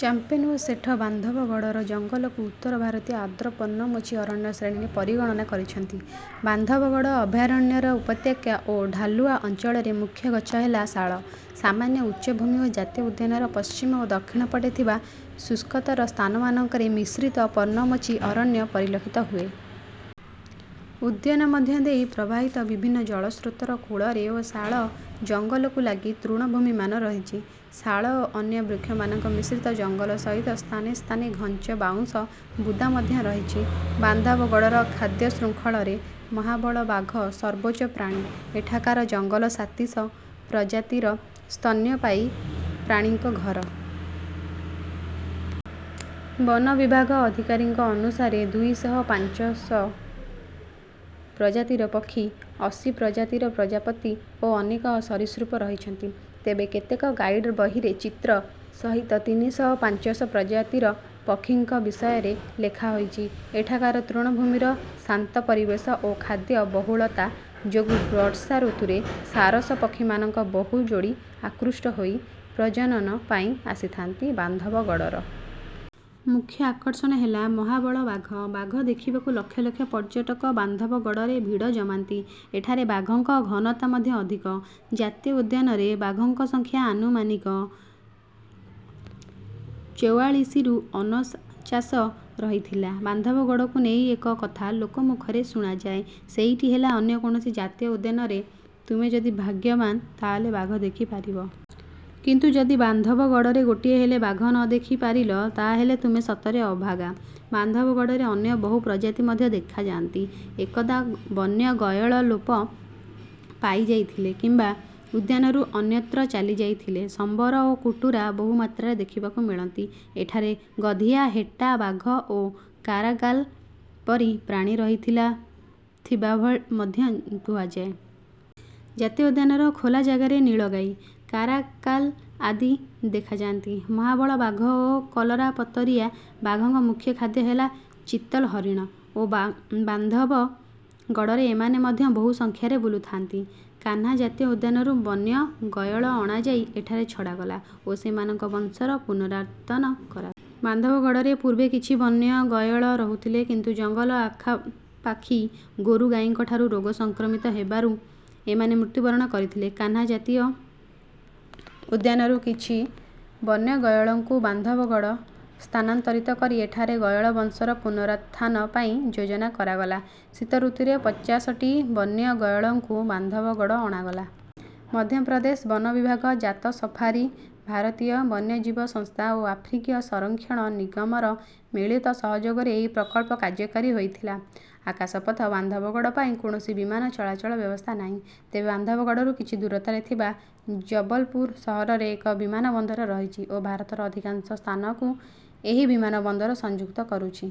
ଚାମ୍ପ୍ୟନ୍ ଓ ସେଠ ବାନ୍ଧବଗଡ଼ର ଜଙ୍ଗଲକୁ ଉତ୍ତର ଭାରତୀୟ ଆର୍ଦ୍ର ପର୍ଣ୍ଣମୋଚୀ ଅରଣ୍ୟ ଶ୍ରେଣୀରେ ପରିଗଣନା କରିଛନ୍ତି। ବାନ୍ଧବଗଡ଼ ଅଭୟାରଣ୍ୟର ଉପତ୍ୟକା ଓ ଢାଲୁଆ ଅଞ୍ଚଳରେ ମୁଖ୍ୟ ଗଛ ହେଲା ଶାଳ। ସାମାନ୍ୟ ଉଚ୍ଚ ଭୂମି ଓ ଜାତୀୟ ଉଦ୍ୟାନର ପଶ୍ଚିମ ଓ ଦକ୍ଷିଣ ପଟେ ଥିବା ଶୁଷ୍କତର ସ୍ଥାନମାନଙ୍କରେ ମିଶ୍ରିତ ପର୍ଣ୍ଣମୋଚୀ ଅରଣ୍ୟ ପରିଲକ୍ଷିତ ହୁଏ। ଉଦ୍ୟାନ ମଧ୍ୟ ଦେଇ ପ୍ରବାହିତ ବିଭିନ୍ନ ଜଳସ୍ରୋତର କୂଳରେ ଓ ଶାଳ ଜଙ୍ଗଲକୁ ଲାଗି ତୃଣଭୂମିମାନ ରହିଛି। ଶାଳ ଓ ଅନ୍ୟ ବୃକ୍ଷମାନଙ୍କ ମିଶ୍ରିତ ଜଙ୍ଗଲ ସହିତ ସ୍ଥାନେ ସ୍ଥାନେ ଘଞ୍ଚ ବାଉଁଶ ବୁଦା ମଧ୍ୟ ରହିଛି। ବାନ୍ଧବଗଡ଼ର ଖାଦ୍ୟଶୃଙ୍ଖଳରେ ମହାବଳ ବାଘ ସର୍ବୋଚ୍ଚ ପ୍ରାଣୀ। ଏଠାକାର ଜଙ୍ଗଲ ସାତିଶ ପ୍ରଜାତିର ସ୍ତନ୍ୟପାୟୀ ପ୍ରାଣୀଙ୍କ ଘର। ବନ ବିଭାଗ ଅଧିକାରୀଙ୍କ ଅନୁସାରେ ଦୁଇ ଶହ ପାଞ୍ଚଶ ପ୍ରଜାତିର ପକ୍ଷୀ, ଅଶୀ ପ୍ରଜାତିର ପ୍ରଜାପତି ଓ ଅନେକ ସରୀସୃପ ରହିଛନ୍ତି। ତେବେ କେତେକ ଗାଇଡ୍ ବହିରେ ଚିତ୍ର ସହିତ ତିନି ଶହ ପାଞ୍ଚଶ ପ୍ରଜାତିର ପକ୍ଷୀଙ୍କ ବିଷୟରେ ଲେଖା ହୋଇଛି। ଏଠାକାର ତୃଣଭୂମିର ଶାନ୍ତ ପରିବେଶ ଓ ଖାଦ୍ୟ ବହୁଳତା ଯୋଗୁଁ ବର୍ଷାଋତୁରେ ସାରସ ପକ୍ଷୀମାନଙ୍କ ବହୁ ଯୋଡ଼ି ଆକୃଷ୍ଟ ହୋଇ ପ୍ରଜାନନ ପାଇଁ ଆସିଥାନ୍ତି। ବାନ୍ଧବଗଡ଼ର ମୁଖ୍ୟ ଆକର୍ଷଣ ହେଲା ମହାବଳ ବାଘ। ବାଘ ଦେଖିବାକୁ ଲକ୍ଷ ଲକ୍ଷ ପର୍ଯ୍ୟଟକ ବାନ୍ଧବଗଡ଼ରେ ଭିଡ଼ ଜମାନ୍ତି। ଏଠାରେ ବାଘଙ୍କ ଘନତା ମଧ୍ୟ ଅଧିକ। ଜାତୀୟ ଉଦ୍ୟାନରେ ବାଘଙ୍କ ସଂଖ୍ୟା ଆନୁମାନିକ ଚୌଆଳିଶିରୁ ଅନଚାଶ ରହିଥିଲା। ବାନ୍ଧବଗଡ଼କୁ ନେଇ ଏକ କଥା ଲୋକମୁଖରେ ଶୁଣାଯାଏ। ସେଇଟି ହେଲା ଅନ୍ୟ କୌଣସି ଜାତୀୟ ଉଦ୍ୟାନରେ ତୁମେ ଯଦି ଭାଗ୍ୟବାନ୍, ତା'ହେଲେ ବାଘ ଦେଖିପାରିବ। କିନ୍ତୁ ଯଦି ବାନ୍ଧବଗଡ଼ରେ ଗୋଟିଏ ହେଲେ ବାଘ ନ ଦେଖିପାରିଲ, ତା'ହେଲେ ତୁମେ ସତରେ ଅଭାଗା। ବାନ୍ଧବଗଡ଼ରେ ଅନ୍ୟ ବହୁ ପ୍ରଜାତି ମଧ୍ୟ ଦେଖାଯାନ୍ତି। ଏକଦା ବନ୍ୟ ଗୟଳ ଲୋପ ପାଇଯାଇଥିଲେ କିମ୍ବା ଉଦ୍ୟାନରୁ ଅନ୍ୟତ୍ର ଚାଲିଯାଇଥିଲେ। ସମ୍ବର ଓ କୁଟୁରା ବହୁମାତ୍ରାରେ ଦେଖିବାକୁ ମିଳନ୍ତି। ଏଠାରେ ଗଧିଆ, ହେଟା ବାଘ ଓ କାରାଗାଲ୍ ପରି ପ୍ରାଣୀ ରହିଥିଲା ଥିବା ଭ ମଧ୍ୟ କୁହାଯାଏ। ଜାତୀୟ ଉଦ୍ୟାନର ଖୋଲା ଜାଗାରେ ନୀଳଗାଈ, କାରାକାଲ୍ ଆଦି ଦେଖାଯାନ୍ତି। ମହାବଳ ବାଘ ଓ କଲରାପତରିଆ ବାଘଙ୍କ ମୁଖ୍ୟ ଖାଦ୍ୟ ହେଲା ଚିତଲ୍ ହରିଣ ଓ ବା ବାନ୍ଧବଗଡ଼ରେ ଏମାନେ ମଧ୍ୟ ବହୁ ସଂଖ୍ୟାରେ ବୁଲୁଥାନ୍ତି। କାହ୍ନା ଜାତୀୟ ଉଦ୍ୟାନରୁ ବନ୍ୟ ଗୟଳ ଅଣାଯାଇ ଏଠାରେ ଛଡ଼ାଗଲା ଓ ସେମାନଙ୍କ ବଂଶର ପୁନରୁତ୍ଥାନ କରା। ବାନ୍ଧବଗଡ଼ରେ ପୂର୍ବେ କିଛି ବନ୍ୟ ଗୟଳ ରହୁଥିଲେ। କିନ୍ତୁ ଜଙ୍ଗଲ ଆଖାପାଖି ଗୋରୁଗାଈଙ୍କଠାରୁ ରୋଗ ସଂକ୍ରମିତ ହେବାରୁ ଏମାନେ ମୃତ୍ୟୁବରଣ କରିଥିଲେ। କାହ୍ନା ଜାତୀୟ ଉଦ୍ୟାନରୁ କିଛି ବନ୍ୟ ଗୟଳଙ୍କୁ ବାନ୍ଧବଗଡ଼ ସ୍ଥାନାନ୍ତରିତ କରି ଏଠାରେ ଗୟଳ ବଂଶର ପୁନରୁତ୍ଥାନ ପାଇଁ ଯୋଜନା କରାଗଲା। ଶୀତଋତୁରେ ପଚାଶଟି ବନ୍ୟ ଗୟଳଙ୍କୁ ବାନ୍ଧବଗଡ଼ ଅଣାଗଲା। ମଧ୍ୟପ୍ରଦେଶ ବନ ବିଭାଗ, ତାଜ ସଫାରୀ, ଭାରତୀୟ ବନ୍ୟଜୀବ ସଂସ୍ଥା ଓ ଆଫ୍ରିକୀୟ ସଂରକ୍ଷଣ ନିଗମର ମିଳିତ ସହଯୋଗରେ ଏହି ପ୍ରକଳ୍ପ କାର୍ଯ୍ୟକାରୀ ହୋଇଥିଲା। ଆକାଶପଥ ବାନ୍ଧବଗଡ଼ ପାଇଁ କୌଣସି ବିମାନ ଚଳାଚଳ ବ୍ୟବସ୍ଥା ନାହିଁ। ତେବେ ବାନ୍ଧବଗଡ଼ରୁ କିଛି ଦୂରତାରେ ଥିବା ଜବଲପୁର ସହରରେ ଏକ ବିମାନବନ୍ଦର ରହିଛି ଓ ଭାରତର ଅଧିକାଂଶ ସ୍ଥାନକୁ ଏହି ବିମାନବନ୍ଦର ସଂଯୁକ୍ତ କରୁଛି।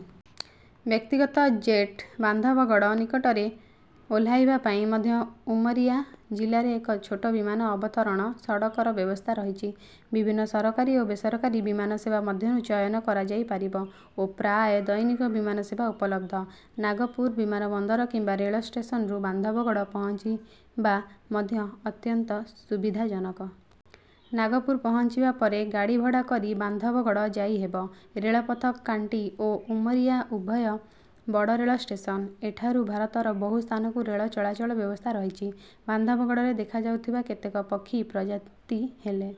ବ୍ୟକ୍ତିଗତ ଜେଟ୍ ବାନ୍ଧବଗଡ଼ ନିକଟରେ ଓହ୍ଲାଇବା ପାଇଁ ମଧ୍ୟ ଉମରିଆ ଜିଲ୍ଲାରେ ଏକ ଛୋଟ ବିମାନ ଅବତରଣ ସଡ଼କର ବ୍ୟବସ୍ଥା ରହିଛି। ବିଭିନ୍ନ ସରକାରୀ ଓ ବେସରକାରୀ ବିମାନ ସେବା ମଧ୍ୟରୁ ଚୟନ କରାଯାଇପାରିବ ଓ ପ୍ରାୟ ଦୈନିକ ବିମାନ ସେବା ଉପଲବ୍ଧ। ନାଗପୁର ବିମାନବନ୍ଦର କିମ୍ବା ରେଳ ଷ୍ଟେସନରୁ ବାନ୍ଧବଗଡ଼ ପହଞ୍ଚିବା ମଧ୍ୟ ଅତ୍ୟନ୍ତ ସୁବିଧାଜନକ। ନାଗପୁର ପହଞ୍ଚିବା ପରେ ଗାଡ଼ି ଭଡ଼ା କରି ବାନ୍ଧବଗଡ଼ ଯାଇହେବ। ରେଳପଥ କାଟ୍ନି ଓ ଉମରିଆ ଉଭୟ ବଡ଼ ରେଳ ଷ୍ଟେସନ୍। ଏଠାରୁ ଭାରତର ବହୁ ସ୍ଥାନକୁ ରେଳ ଚଳାଚଳ ବ୍ୟବସ୍ଥା ରହିଛି। ବାନ୍ଧବଗଡ଼ରେ ଦେଖାଯାଉଥିବା କେତେକ ପକ୍ଷୀ ପ୍ରଜାତି ହେଲେ: